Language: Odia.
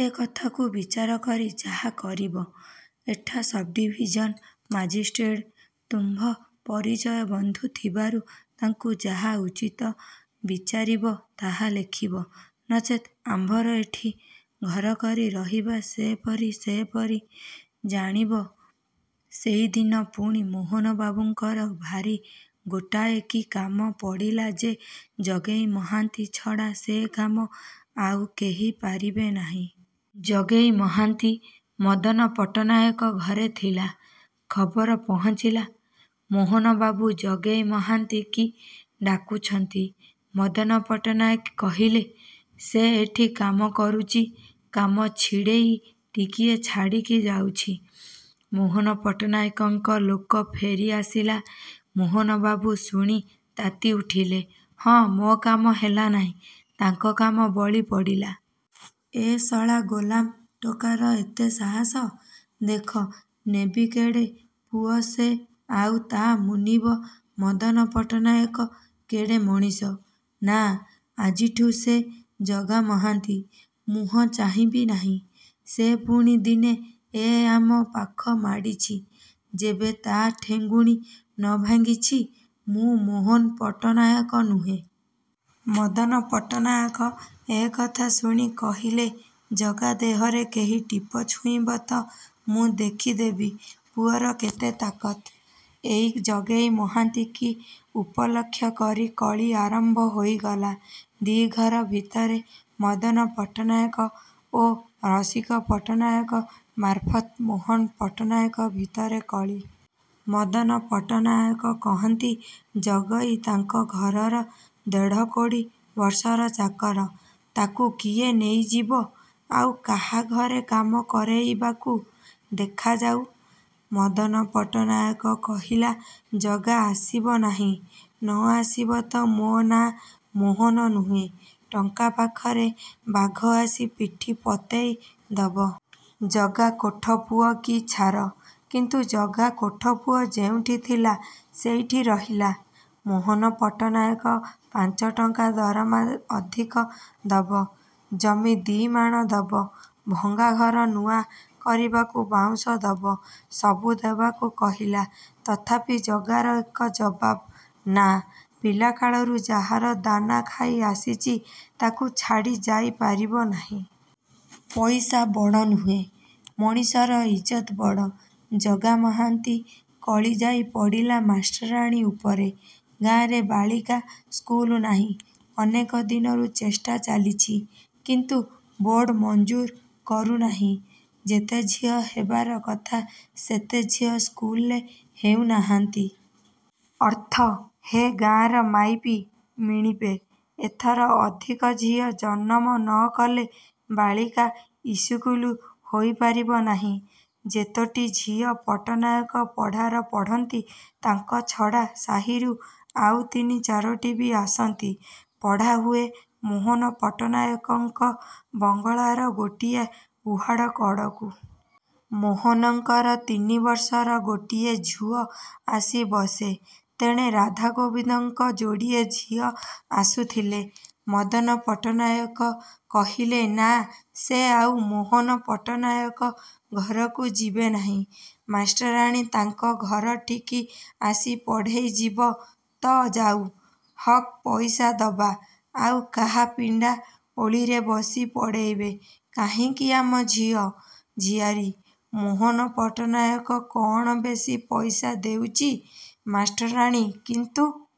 ଏ କଥାକୁ ବିଚାର କରି ଯାହା କରିବ। ଏଠା ସବ୍ଡ଼ିଭିଜନ ମାଜିଷ୍ଟ୍ରେଟ ତୁମ୍ଭ ପରିଚୟ ବନ୍ଧୁ ଥିବାରୁ ତାଙ୍କୁ ଯାହା ଉଚିତ ବିଚାରିବ ତାହା ଲେଖିବ। ନଚେତ ଆମ୍ଭର ଏଠି, ଘର କରି ରହିବା ସେପରି ସେପରି ଜାଣିବ। ସେଇଦିନ ପୁଣି ମୋହନବାବୁଙ୍କର ଭାରି ଗୋଟାଏ କି କାମ ପଡ଼ିଲା ଯେ ଜଗେଇ ମହାନ୍ତି ଛଡ଼ା ସେ କାମ ଆଉ କେହି ପାରିବେ ନାହିଁ। ଜଗେଇ ମହାନ୍ତି ମଦନପଟ୍ଟନାୟକ ଘରେ ଥିଲା, ଖବର ପହଞ୍ଚିଲା। ମୋହନବାବୁ ଜଗେଇ ମହାନ୍ତିକି ଡାକୁଛନ୍ତି। ମଦନ ପଟ୍ଟନାୟକେ କହିଲେ–''ସେ ଏଠି କାମ କରୁଚି–କାମ ଛିଡ଼େଇ ଟିକିଏ ଛାଡ଼ିକି ଯାଉଛି। '' ମୋହନ ପଟ୍ଟନାୟକଙ୍କ ଲୋକ ଫେରି ଆସିଲା। ମୋହନବାବୁ ଶୁଣି ତାତି ଉଠିଲେ–''ହଁ, ମୋ କାମ ହେଲା ନାହିଁ, ତାଙ୍କ କାମ ବଳି ପଡ଼ିଲା। ଏ ଶଳା ଗୋଲାମ ଟୋକାର ଏତେ ସାହସ! ଦେଖି ନେବି କେଡ଼େ ପୁଅ ସେ–ଆଉ ତା' ମୁନିବ ମଦନ ପଟ୍ଟନାୟକ କେଡ଼େ ମଣିଷ। ନା, ଆଜିଠୁ ସେ ଜଗାମହାନ୍ତି ମୁହଁ ଚାହିଁବି ନାହିଁ। ସେ ପୁଣି ଦିନେ ଏ ଆମ ପାଖ ମାଡ଼ିଛି ଯେବେ ତା' ଠେଙ୍ଗୁଣି ନଭାଙ୍ଗିଛି ମୁଁ ମୋହନ ପଟ୍ଟନାୟକ ନୁହେଁ। '' ମଦନ ପଟ୍ଟନାହାକ ଏ କଥା ଶୁଣି କହିଲେ–ଜଗା ଦେହରେ କେହି ଟିପ ଛୁଇଁବ ତ ମୁଁ ଦେଖି ଦେବି ପୁଅର କେତେ ତାକତ। ଏଇ ଜଗେଇ ମହାନ୍ତିକି ଉପଲକ୍ଷ କରି କଳି ଆରମ୍ଭ ହେଇଗଲା ଦି' ଘର ଭିତରେ–ମଦନପଟ୍ଟନାୟକ ଓ ରସିକପଟ୍ଟନାୟକ ମାରଫତ ମୋହନପଟ୍ଟନାୟକ ଭିତରେ କଳି। ମଦନପଟ୍ଟନାହାକ କହନ୍ତି, ଜଗେଇ ତାଙ୍କ ଘରର ଦେଢ଼କୋଡ଼ି ବର୍ଷର ଚାକର, ତାକୁ କିଏ ନେଇଯିବ ଆଉ କାହାଘରେ କାମ କରେଇବାକୁ, ଦେଖାଯାଉ। ମଦନପଟ୍ଟନାହାକ କହିଲା, ଜଗା ଆସିବ ନାହିଁ। ନଆସିବ ତ ମୋ ନାଆଁ ମୋହନ ନୁହେଁ। ଟଙ୍କା ପାଖରେ ବାଘ ଆସି ପିଠି ପତେଇ ଦବ। ଜଗା କୋଠପୁଅ କି ଛାର। କିନ୍ତୁ ଜଗା କୋଠପୁଅ ଯୋଉଠିଁ ଥିଲା ସେଇଠି ରହିଲା। ମୋହନ ପଟ୍ଟନାୟକ ପାଞ୍ଚଟଙ୍କା ଦରମା ଅଧିକ ଦବ, ଜମି ଦି'ମାଣ ଦବ, ଭଙ୍ଗାଘର ନୂଆ କରିବାକୁ ବାଉଁଶ ଦବ–ସବୁ ଦବାକୁ କହିଲା, ତଥାପି ଜଗାର ଏକ ଜବାବ–ନା। ପିଲାକାଳରୁ ଯାହାର ଦାନାଖାଇ ଆସିଚି–ତାକୁ ଛାଡ଼ି ଯାଇ ପାରିବ ନାହିଁ। ପଇସା ବଡ଼ ନୁହେଁ, ମଣିଷର ଇଜ୍ଜତ ବଡ଼। ଜଗାମହାନ୍ତି କଳି ଯାଇ ପଡ଼ିଲା ମାଷ୍ଟରାଣୀ ଉପରେ। ଗାଁରେ ବାଳିକା ସ୍କୁଲ ନାହିଁ। ଅନେକ ଦିନରୁ ଚେଷ୍ଟା ଚାଲିଚି କିନ୍ତୁ। ବୋର୍ଡ଼ ମଞ୍ଜୁର କରୁ ନାହିଁ। ଯେତେ ଝିଅ ହେବାର କଥା ସେତେ ଝିଅ ସ୍କୁଲରେ ହେଉ ନାହାନ୍ତି। ଅର୍ଥ, ହେ ଗାଁଆର ମାଇପି ମିଣିପେ, ଏଥର ଅଧିକ ଝିଅ ଜନମ ନକଲେ ବାଳିକା ଇସ୍କୁଲ ହୋଇ ପାରିବ ନାହିଁ। ଯେତୋଟି ଝିଅ ପଟ୍ଟନାୟକ ପଡ଼ାର ପଢ଼ନ୍ତି, ତାଙ୍କ ଛଡ଼ା ସାହିରୁ ଆଉ ତିନି ଚାରୋଟିବି ଆସନ୍ତି। ପଢ଼ାହୁଏ ମୋହନପଟ୍ଟନାୟକଙ୍କ ବଙ୍ଗଳାର ଗୋଟିଏ ଉହାଡ଼ କଡ଼କୁ। ମୋହନଙ୍କର ତିନିବର୍ଷର ଗୋଟିଏ ଝୁଅ ଆସି ବସେ। ତେଣେ ରାଧା ଗୋବିନ୍ଦଙ୍କ ଯୋଡ଼ିଏ ଝିଅ ଆସୁଥିଲେ। ମଦନପଟ୍ଟନାୟକ କହିଲେ, ନା ସେ ଆଉ ମୋହନ ପଟ୍ଟନାୟକ ଘରକୁ ଯିବେ ନାହିଁ। ମାଷ୍ଟରାଣୀ ତାଙ୍କ ଘରଠିକି ଆସି ପଢ଼େଇ ଯିବ ତ ଯାଉ। ହକ୍ ପଇସା ଦବା, ଆଉ କାହା ପିଣ୍ଡା ଓଳିରେ ବସି ପଢ଼ିବେ କାହିଁକି ଆମ ଝିଅ ଝିଆରୀ? ମୋହନ ପଟ୍ଟନାୟକ କ'ଣ ବେଶି ପଇସା ଦଉଚି। ମାଷ୍ଟରାଣୀ କିନ୍ତୁ